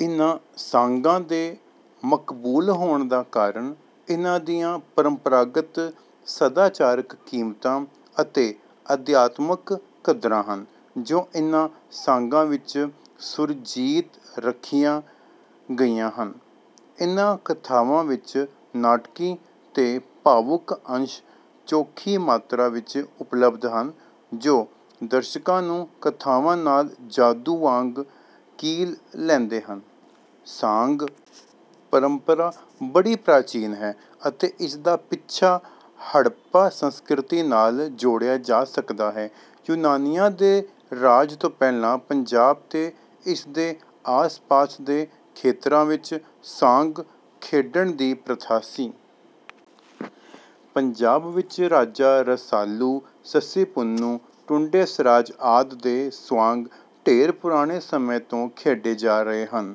ਇਨ੍ਹਾਂ ਸਾਂਗਾਂ ਦੇ ਮਕਬੂਲ ਹੋਣ ਦਾ ਕਾਰਨ ਇਨ੍ਹਾਂ ਦੀਆਂ ਪਰੰਪਰਾਗਤ ਸਦਾਚਾਰਕ ਕੀਮਤਾਂ ਅਤੇ ਅਧਿਆਤਮਕ ਕਦਰਾਂ ਹਨ, ਜੋ ਇਨ੍ਹਾਂ ਸਾਂਗਾਂ ਵਿੱਚ ਸੁਰਜੀਤ ਰੱਖੀਆਂ ਗਈਆਂ ਹਨ। ਇਨ੍ਹਾਂ ਕਥਾਵਾਂ ਵਿੱਚ ਨਾਟਕੀ ਤੇ ਭਾਵੁਕ ਅੰਸ਼ ਚੋਖੀ ਮਾਤਰਾ ਵਿੱਚ ਉਪਲੱਬਧ ਹਨ, ਜੋ ਦਰਸ਼ਕਾਂ ਨੂੰ ਕਥਾਵਾਂ ਨਾਲ ਜਾਦੂ ਵਾਂਗ ਕੀਲ ਲੈਂਦੇ ਹਨ। ਸਾਂਗ ਪਰੰਪਰਾ ਬੜੀ ਪ੍ਰਾਚੀਨ ਹੈ ਅਤੇ ਇਸ ਦਾ ਪਿੱਛਾ ਹੜੱਪਾ ਸੰਸਕ੍ਰਿਤੀ ਨਾਲ ਜੋੜਿਆ ਜਾ ਸਕਦਾ ਹੈ। ਯੂਨਾਨੀਆਂ ਦੇ ਰਾਜ ਤੋਂ ਪਹਿਲਾਂ ਪੰਜਾਬ ਤੇ ਇਸ ਦੇ ਆਸ-ਪਾਸ ਦੇ ਖੇਤਰਾਂ ਵਿੱਚ ਸਾਂਗ ਖੇਡਣ ਦੀ ਪ੍ਰਥਾ ਸੀ। ਪੰਜਾਬ ਵਿੱਚ ਰਾਜਾ ਰਸਾਲੂ, ਸੱਸੀ-ਪੁੰਨੂੰ, ਟੁੰਡੇ ਅਸਰਾਜ ਆਦਿ ਦੇ ਸਵਾਂਗ ਢੇਰ ਪੁਰਾਣੇ ਸਮੇਂ ਤੋਂ ਖੇਡੇ ਜਾ ਰਹੇ ਹਨ।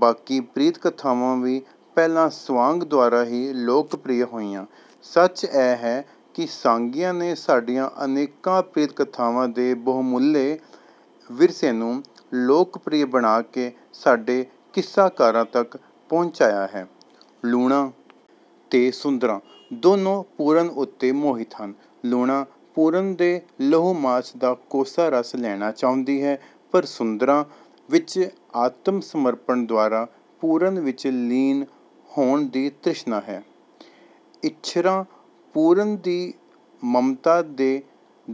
ਬਾਕੀ ਪ੍ਰੀਤ-ਕਥਾਵਾਂ ਵੀ ਪਹਿਲਾਂ ਸਵਾਂਗ ਦੁਆਰਾ ਹੀ ਲੋਕਪ੍ਰਿਅ ਹੋਈਆਂ। ਸੱਚ ਇਹ ਹੈ ਕਿ ਸਾਂਗੀਆਂ ਨੇ ਸਾਡੀਆਂ ਅਨੇਕਾਂ ਪ੍ਰੀਤ-ਕਥਾਵਾਂ ਦੇ ਬਹੁਮੁੱਲੇ ਵਿਰਸੇ ਨੂੰ ਲੋਕਪ੍ਰਿਅ ਬਣਾ ਕੇ ਸਾਡੇ ਕਿੱਸਾਕਾਰਾਂ ਤੱਕ ਪਹੁੰਚਾਇਆ ਹੈ। ਲੂਣਾਂ ਤੇ ਸੁੰਦਰਾਂ ਦੋਵੇਂ ਪੂਰਨ ਉੱਤੇ ਮੋਹਿਤ ਹਨ। ਲੂਣਾਂ ਪੂਰਨ ਦੇ ਲਹੂ-ਮਾਸ ਦਾ ਕੋਸਾ ਰਸ ਲੈਣਾ ਚਾਹੁੰਦੀ ਹੈ, ਪਰ ਸੁੰਦਰਾਂ ਵਿੱਚ ਆਤਮ-ਸਮਰਪਣ ਦੁਆਰਾ ਪੂਰਨ ਵਿੱਚ ਲੀਨ ਹੋਣ ਦੀ ਤ੍ਰਿਸ਼ਨਾ ਹੈ। ਇੱਛਰਾਂ ਪੂਰਨ ਦੀ ਮਮਤਾ ਦੇ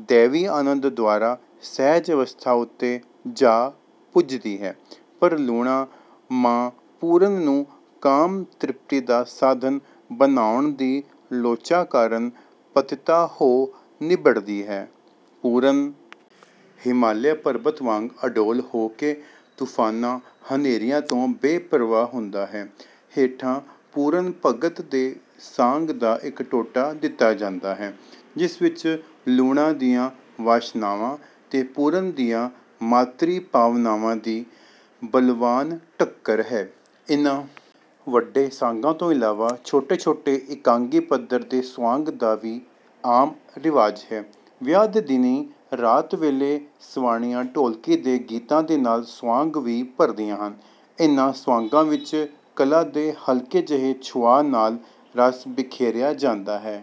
ਦੈਵੀ ਆਨੰਦ ਦੁਆਰਾ ਸਹਿਜ ਅਵਸਥਾ ਉੱਤੇ ਜਾ ਪੁੱਜਦੀ ਹੈ, ਪਰ ਲੂਣਾਂ ਮਾਂ ਪੂਰਨ ਨੂੰ ਕਾਮ-ਤ੍ਰਿਪਤੀ ਦਾ ਸਾਧਨ ਬਣਾਉਣ ਦੀ ਲੋਚਾ ਕਾਰਨ ਪਤਿਤਾ ਹੋ ਨਿਬੜਦੀ ਹੈ। ਪੂਰਨ ਹਿਮਾਲਿਆ ਪਰਬਤ ਵਾਂਗ ਅਡੋਲ ਹੋ ਕੇ ਤੂਫ਼ਾਨਾਂ-ਹਨੇਰੀਆਂ ਤੋਂ ਬੇਪ੍ਰਵਾਹ ਹੁੰਦਾ ਹੈ। ਹੇਠਾਂ ਪੂਰਨ ਭਗਤ ਦੇ ਸਾਂਗ ਦਾ ਇੱਕ ਟੋਟਾ ਦਿੱਤਾ ਜਾਂਦਾ ਹੈ, ਜਿਸ ਵਿੱਚ ਲੂਣਾਂ ਦੀਆਂ ਵਾਸ਼ਨਾਵਾਂ ਤੇ ਪੂਰਨ ਦੀਆਂ ਮਾਤ੍ਰੀ ਭਾਵਨਾਵਾਂ ਦੀ ਬਲਵਾਨ ਟੱਕਰ ਹੈ। ਇਨ੍ਹਾਂ ਵੱਡੇ ਸਾਂਗਾਂ ਤੋਂ ਇਲਾਵਾ ਛੋਟੇ-ਛੋਟੇ, ਇਕਾਂਗੀ ਪੱਧਰ ਦੇ ਸਵਾਂਗ ਦਾ ਵੀ ਆਮ ਰਿਵਾਜ ਹੈ। ਵਿਆਹ ਦੇ ਦਿਨੀਂ ਰਾਤ ਵੇਲੇ ਸਵਾਣੀਆਂ ਢੋਲਕੀ ਦੇ ਗੀਤਾਂ ਦੇ ਨਾਲ ਸਵਾਂਗ ਵੀ ਭਰਦੀਆਂ ਹਨ। ਇਨ੍ਹਾਂ ਸਵਾਂਗਾਂ ਵਿੱਚ ਕਲਾ ਦੇ ਹਲਕੇ ਜਿਹੇ ਛੁਹਾਅ ਨਾਲ ਰਸ ਬਿਖੇਰਿਆ ਜਾਂਦਾ ਹੈ।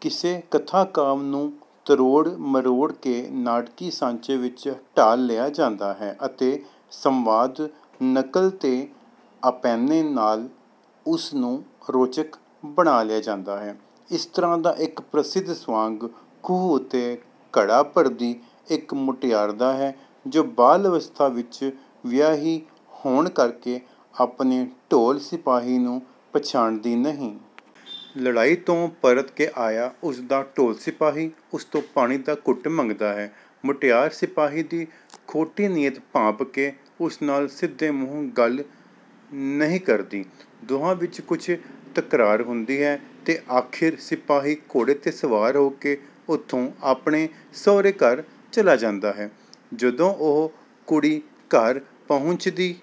ਕਿਸੇ ਕਥਾ-ਕਾਵਿ ਨੂੰ ਤਰੋੜ-ਮਰੋੜ ਕੇ ਨਾਟਕੀ ਸਾਂਚੇ ਵਿੱਚ ਢਾਲ ਲਿਆ ਜਾਂਦਾ ਹੈ ਅਤੇ ਸੰਵਾਦ, ਨਕਲ ਤੇ ਅਭਿਨੈ ਨਾਲ ਉਸ ਨੂੰ ਰੋਚਕ ਬਣਾ ਲਿਆ ਜਾਂਦਾ ਹੈ। ਇਸ ਤਰ੍ਹਾਂ ਦਾ ਇੱਕ ਪ੍ਰਸਿੱਧ ਸਵਾਂਗ ਖੂਹ ਉੱਤੇ ਘੜਾ ਭਰਦੀ ਇੱਕ ਮੁਟਿਆਰ ਦਾ ਹੈ, ਜੋ ਬਾਲ ਅਵਸਥਾ ਵਿੱਚ ਵਿਆਹੀ ਹੋਣ ਕਰਕੇ ਆਪਣੇ ਢੋਲ-ਸਿਪਾਹੀ ਨੂੰ ਪਛਾਣਦੀ ਨਹੀਂ। ਲੜਾਈ ਤੋਂ ਪਰਤ ਕੇ ਆਇਆ ਉਸ ਦਾ ਢੋਲ-ਸਿਪਾਹੀ ਉਸ ਤੋਂ ਪਾਣੀ ਦਾ ਘੁੱਟ ਮੰਗਦਾ ਹੈ। ਮੁਟਿਆਰ ਸਿਪਾਹੀ ਦੀ ਖੋਟੀ ਨੀਅਤ ਭਾਂਪ ਕੇ ਉਸ ਨਾਲ ਸਿੱਧੇ ਮੂੰਹ ਗੱਲ ਨਹੀਂ ਕਰਦੀ। ਦੋਹਾਂ ਵਿੱਚ ਕੁਝ ਤਕਰਾਰ ਹੁੰਦਾ ਹੈ ਤੇ ਆਖ਼ਿਰ ਸਿਪਾਹੀ ਘੋੜੇ ’ਤੇ ਸਵਾਰ ਹੋ ਕੇ ਉੱਥੋਂ ਆਪਣੇ ਸਹੁਰੇ ਘਰ ਚਲਾ ਜਾਂਦਾ ਹੈ। ਜਦੋਂ ਉਹ ਕੁੜੀ ਘਰ ਪਹੁੰਚਦੀ...